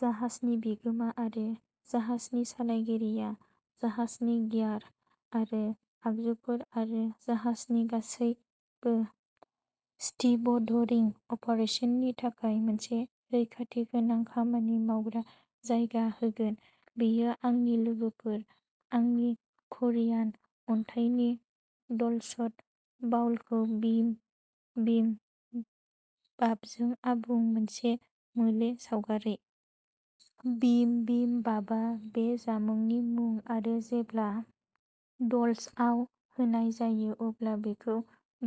जाहाजनि बिगोमा आरो जाहाजनि सालायगिरिया जाहाजनि गियार आरो आगजुफोर आरो जाहाजनि गासैबो स्टीभड'रिं अपारेसननि थाखाय मोनसे रैखाथि गोनां खामानि मावग्रा जायगा होगोन। बेयो आंनि लोगोफोर, आंनि करियान अन्थाइनि डलसट बाउलखौ बिम बिम बापजों आबुं मोनसे मोले सावगारि। बिम बिम बापआ बे जामुंनि मुं आरो जेब्ला डलसटआव होनाय जायो अब्ला बेखौ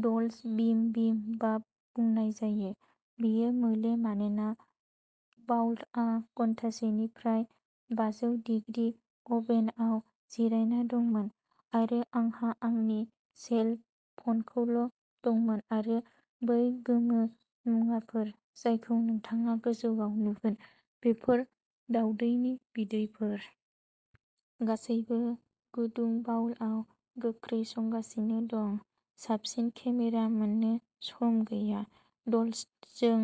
डलसट बिम बिम बाप बुंनाय जायो। बेयो मोले मानोना बाउलआ घन्टासेनिफ्राय बाजौ डिग्रि अभेनआव जिरायना दंमोन आरो आंहा आंनि सेल फ'नखौल' दंमोन आरो बै गोमो मुवाफोर जायखौ नोंथाङा गोजौआव नुगोन बेफोर दावदैनि बिदैफोर। गासैबो गुदुं बाउलआव गोख्रै संगासिनो दं साबसिन केमेरा मोननो सम गैया। डलसटजों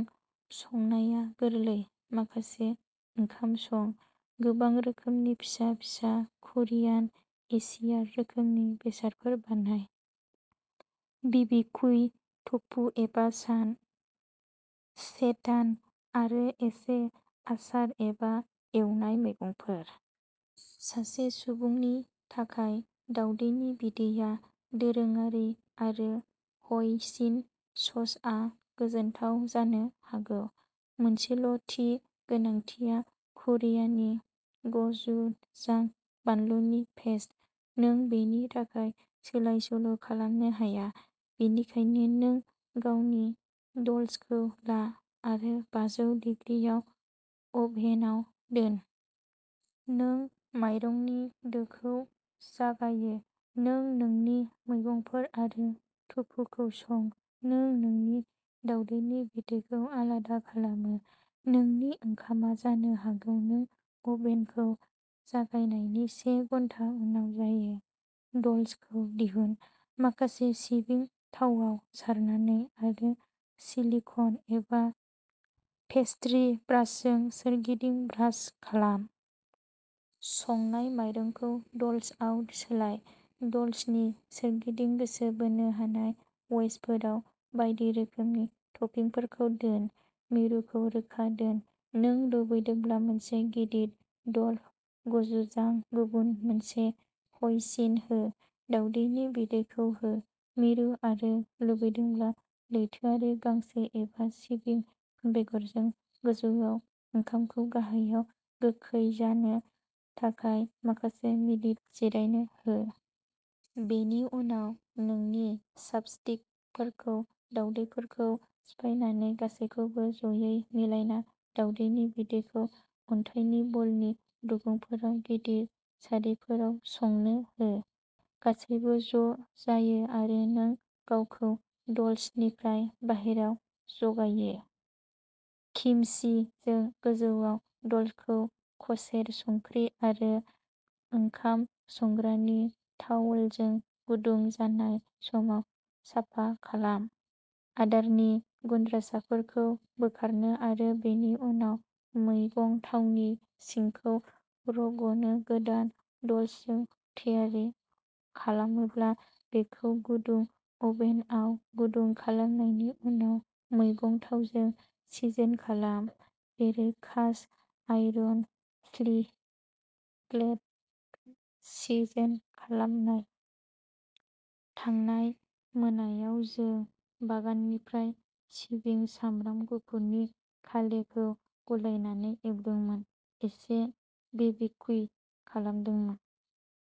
संनाया गोरलै। माखासे ओंखाम सं। गोबां रोखोमनि फिसा फिसा करियान एशियान रोखोमनि बेसादफोर बानाय। बिबिक्यु टफु एबा सान। सेइटान आरो एसे आसार एबा एवनाय मैगंफोर। सासे सुबुंनि थाखाय दावदैनि बिदैया दोरोङारि आरो ह'इसिन ससआ गोजोनथाव जानो हागौ। मोनसेल'थि गोनांथिया क'रियानि गचुजां बानलुनि पेस्ट। नों बेनि थाखाय सोलाय सोल' खालामनो हाया। बेनिखायनो, नों गावनि डलसटखौ ला आरो बाजौ डिग्रि आव अभेनआव दोन। नों माइरंनि दोखौ जागायो। नों नोंनि मैगंफोर आरो टफुखौ सं। नों नोंनि दावदैनि बिदैखौ आलादा खालामो। नोंनि ओंखामआ जानो हागौ नों अभेनखौ जागायनायनि से घन्टा उनाव जायो। डलसटखौ दिहुन, माखासे सिबिं थावाव सारनानै आरो सिलिक'न एबा पेस्ट्री ब्रासजों सोरगिदिं ब्रास खालाम। संनाय माइरंखौ डलसटआव सोलाय। डलसटनि सोरगिदिं गोसो बोनो हानाय वेजफोराव बायदि रोखोमनि टपिंफोरखौ दोन, मिरुखौ रोखा दोन। नों लुबैदोंब्ला मोनसे गिदिर डलप गचुजां, गुबुन मोनसे ह'इसिन हो। दावदैनि बिदैखौ हो। मिरु आरो लुबैदोंब्ला लैथोआरि गांसो एबा सिबिं बेगरजों गोजौआव ओंखामखौ गाहायाव गोखै जानो थाखाय माखासे मिनिट जिरायनो हो। बेनि उनाव, नोंनि चापस्टिकफोरखौ दावदैफोरखौ सिफायनानै गासैखौबो जयै मिलायना दावदैनि बिदैखौ अन्थाइनि ब'लनि रुगुंफोराव गिदिर सारिफोराव संनो हो। गासैबो ज' जायो आरो नों गावखौ डलसटनिफ्राय बाहेरायाव जगायो। किमचिजों गोजौआव डलसटखौ कसेर संख्रि आरो ओंखाम संग्रानि तावलजों गुदुं जानाय समाव साफा खालाम, आदारनि गुनद्रासाफोरखौ बोखारनो आरो बेनि उनाव मैगं थावनि सिंखौ रग'नो गोदान डलसटखौ थियारि खालामोब्ला बेखौ गुदुं अभेनआव गुदुं खालामनायनि उनाव मैगं थावजों सिजोन खालाम, जेरै कास्ट आयरन स्किलेटखौ सिजोन खालामनाय। थांनाय मोनायाव जों बागाननिफ्राय सिबिं सामब्राम गुफुरनि कालेखौ गलायनानै एवदोंमोन, एसे बिबिक्यु खालामदोंमोन।